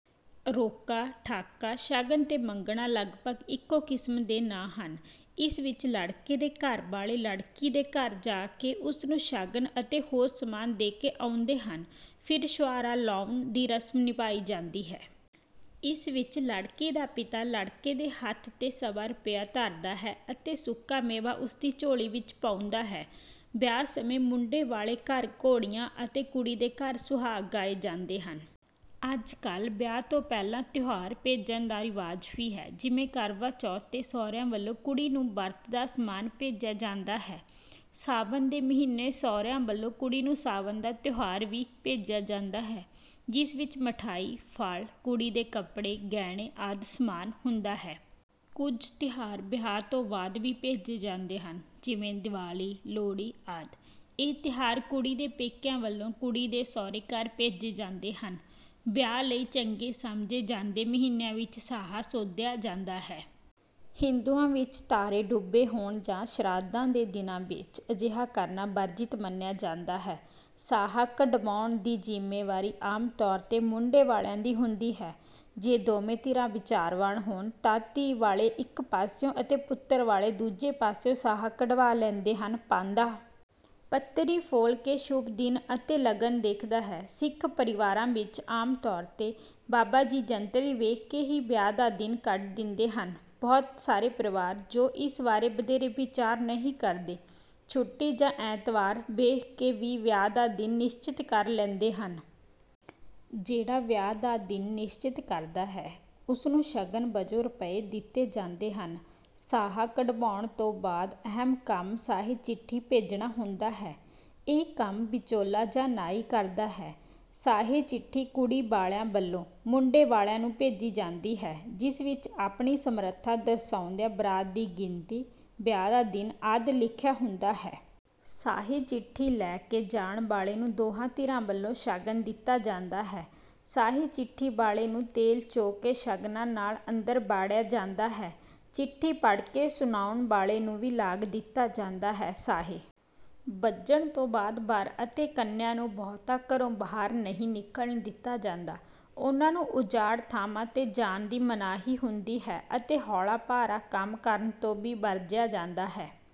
ਰੋਕਾ, ਠਾਕਾ, ਸ਼ਗਨ ਤੇ ਮੰਗਣਾ ਲਗਭਗ ਇੱਕੋ ਕਿਸਮ ਦੇ ਨਾਂ ਹਨ। ਇਸ ਵਿੱਚ ਲੜਕੇ ਦੇ ਘਰ ਵਾਲੇ ਲੜਕੀ ਦੇ ਘਰ ਜਾ ਕੇ ਉਸ ਨੂੰ ਸ਼ਗਨ ਅਤੇ ਹੋਰ ਸਮਾਨ ਦੇ ਕੇ ਆਉਂਦੇ ਹਨ। ਫਿਰ ਛੁਆਰਾ ਲਾਉਣ ਦੀ ਰਸਮ ਨਿਭਾਈ ਜਾਂਦੀ ਹੈ। ਇਸ ਵਿੱਚ ਲੜਕੀ ਦਾ ਪਿਤਾ ਲੜਕੇ ਦੇ ਹੱਥ ’ਤੇ ਸਵਾ ਰੁਪਇਆ ਧਰਦਾ ਹੈ ਅਤੇ ਸੁੱਕਾ ਮੇਵਾ ਉਸ ਦੀ ਝੋਲੀ ਵਿੱਚ ਪਾਉਂਦਾ ਹੈ। ਵਿਆਹ ਸਮੇਂ ਮੁੰਡੇ ਵਾਲੇ ਘਰ ‘ਘੋੜੀਆਂ’ ਅਤੇ ਕੁੜੀ ਦੇ ਘਰ ‘ਸੁਹਾਗ’ ਗਾਏ ਜਾਂਦੇ ਹਨ। ਅੱਜ-ਕੱਲ੍ਹ ਵਿਆਹ ਤੋਂ ਪਹਿਲਾਂ ਤਿਉਹਾਰ ਭੇਜਣ ਦਾ ਰਿਵਾਜ ਵੀ ਹੈ। ਜਿਵੇਂ ਕਰਵਾ ਚੌਥ ’ਤੇ ਸਹੁਰਿਆਂ ਵੱਲੋਂ ਕੁੜੀ ਨੂੰ ਵਰਤ ਦਾ ਸਮਾਨ ਭੇਜਿਆ ਜਾਂਦਾ ਹੈ। ਸਾਵਣ ਦੇ ਮਹੀਨੇ ਸਹੁਰਿਆਂ ਵੱਲੋਂ ਕੁੜੀ ਨੂੰ ਸਾਵਣ ਦਾ ਤਿਉਹਾਰ ਵੀ ਭੇਜਿਆ ਜਾਂਦਾ ਹੈ, ਜਿਸ ਵਿੱਚ ਮਿਠਾਈ, ਫਲ, ਕੁੜੀ ਦੇ ਕੱਪੜੇ, ਗਹਿਣੇ ਆਦਿ ਸਮਾਨ ਹੁੰਦਾ ਹੈ। ਕੁਝ ਤਿਉਹਾਰ ਵਿਆਹ ਤੋਂ ਬਾਅਦ ਵੀ ਭੇਜੇ ਜਾਂਦੇ ਹਨ, ਜਿਵੇਂ ਦਿਵਾਲੀ, ਲੋਹੜੀ ਆਦਿ। ਇਹ ਤਿਉਹਾਰ ਕੁੜੀ ਦੇ ਪੇਕਿਆਂ ਵੱਲੋਂ ਕੁੜੀ ਦੇ ਸਹੁਰੇ ਘਰ ਭੇਜੇ ਜਾਂਦੇ ਹਨ। ਵਿਆਹ ਲਈ ਚੰਗੇ ਸਮਝੇ ਜਾਂਦੇ ਮਹੀਨਿਆਂ ਵਿੱਚ ਸਾਹਾ ਸੋਧਿਆ ਜਾਂਦਾ ਹੈ। ਹਿੰਦੂਆਂ ਵਿੱਚ ਤਾਰੇ ਡੁੱਬੇ ਹੋਣ ਜਾਂ ਸ਼ਰਾਧਾਂ ਦੇ ਦਿਨਾਂ ਵਿੱਚ ਅਜਿਹਾ ਕਰਨਾ ਵਰਜਿਤ ਮੰਨਿਆ ਜਾਂਦਾ ਹੈ। ਸਾਹਾ ਕਢਵਾਉਣ ਦੀ ਜ਼ਿੰਮੇਵਾਰੀ ਆਮ ਤੌਰ ’ਤੇ ਮੁੰਡੇ ਵਾਲਿਆਂ ਦੀ ਹੁੰਦੀ ਹੈ। ਜੇ ਦੋਵੇਂ ਧਿਰਾਂ ਵਿਚਾਰਵਾਨ ਹੋਣ, ਤਾਂ ਧੀ ਵਾਲੇ ਇੱਕ ਪਾਸਿਓਂ ਅਤੇ ਪੁੱਤਰ ਵਾਲੇ ਦੂਜੇ ਪਾਸਿਓਂ ਸਾਹਾ ਕਢਵਾ ਲੈਂਦੇ ਹਨ। ਪਾਂਧਾ ਪੱਤਰੀ ਫੋਲ ਕੇ ਸ਼ੁਭ ਦਿਨ ਅਤੇ ਲਗਨ ਦੇਖਦਾ ਹੈ। ਸਿੱਖ ਪਰਿਵਾਰਾਂ ਵਿੱਚ ਆਮ ਤੌਰ ’ਤੇ ਬਾਬਾ ਜੀ ਜੰਤਰੀ ਵੇਖ ਕੇ ਹੀ ਵਿਆਹ ਦਾ ਦਿਨ ਕੱਢ ਦਿੰਦੇ ਹਨ। ਬਹੁਤ ਸਾਰੇ ਪਰਿਵਾਰ, ਜੋ ਇਸ ਬਾਰੇ ਵਧੇਰੇ ਵਿਚਾਰ ਨਹੀਂ ਕਰਦੇ, ਛੁੱਟੀ ਜਾਂ ਐਤਵਾਰ ਵੇਖ ਕੇ ਵੀ ਵਿਆਹ ਦਾ ਦਿਨ ਨਿਸ਼ਚਿਤ ਕਰ ਲੈਂਦੇ ਹਨ। ਜਿਹੜਾ ਵਿਆਹ ਦਾ ਦਿਨ ਨਿਸ਼ਚਿਤ ਕਰਦਾ ਹੈ, ਉਸ ਨੂੰ ਸ਼ਗਨ ਵਜੋਂ ਰੁਪਏ ਦਿੱਤੇ ਜਾਂਦੇ ਹਨ। ਸਾਹਾ ਕਢਵਾਉਣ ਤੋਂ ਬਾਅਦ ਅਹਿਮ ਕੰਮ ਸਾਹੇ-ਚਿੱਠੀ ਭੇਜਣਾ ਹੁੰਦਾ ਹੈ। ਇਹ ਕੰਮ ਵਿਚੋਲਾ ਜਾਂ ਨਾਈ ਕਰਦਾ ਹੈ। ਸਾਹੇ-ਚਿੱਠੀ ਕੁੜੀ ਵਾਲਿਆਂ ਵੱਲੋਂ ਮੁੰਡੇ ਵਾਲਿਆਂ ਨੂੰ ਭੇਜੀ ਜਾਂਦੀ ਹੈ, ਜਿਸ ਵਿੱਚ ਆਪਣੀ ਸਮਰੱਥਾ ਦਰਸਾਉਂਦਿਆਂ ਬਰਾਤ ਦੀ ਗਿਣਤੀ, ਵਿਆਹ ਦਾ ਦਿਨ ਆਦਿ ਲਿਖਿਆ ਹੁੰਦਾ ਹੈ। ਸਾਹੇ-ਚਿੱਠੀ ਲੈ ਕੇ ਜਾਣ ਵਾਲੇ ਨੂੰ ਦੋਹਾਂ ਧਿਰਾਂ ਵੱਲੋਂ ਸ਼ਗਨ ਦਿੱਤਾ ਜਾਂਦਾ ਹੈ। ਸਾਹੇ-ਚਿੱਠੀ ਵਾਲੇ ਨੂੰ ਤੇਲ ਚੋ ਕੇ ਸ਼ਗਨਾਂ ਨਾਲ ਅੰਦਰ ਵਾੜਿਆ ਜਾਂਦਾ ਹੈ। ਚਿੱਠੀ ਪੜ੍ਹ ਕੇ ਸੁਣਾਉਣ ਵਾਲੇ ਨੂੰ ਵੀ ਲਾਗ ਦਿੱਤਾ ਜਾਂਦਾ ਹੈ। ਸਾਹੇ ਬੱਜਣ ਤੋਂ ਬਾਅਦ ਵਰ ਅਤੇ ਕੰਨਿਆ ਨੂੰ ਬਹੁਤਾ ਘਰੋਂ ਬਾਹਰ ਨਹੀਂ ਨਿਕਲਣ ਦਿੱਤਾ ਜਾਂਦਾ। ਉਹਨਾਂ ਨੂੰ ਉਜਾੜ ਥਾਵਾਂ ’ਤੇ ਜਾਣ ਦੀ ਮਨਾਹੀ ਹੁੰਦੀ ਹੈ ਅਤੇ ਹੌਲਾ-ਭਾਰਾ ਕੰਮ ਕਰਨ ਤੋਂ ਵੀ ਵਰਜਿਆ ਜਾਂਦਾ ਹੈ।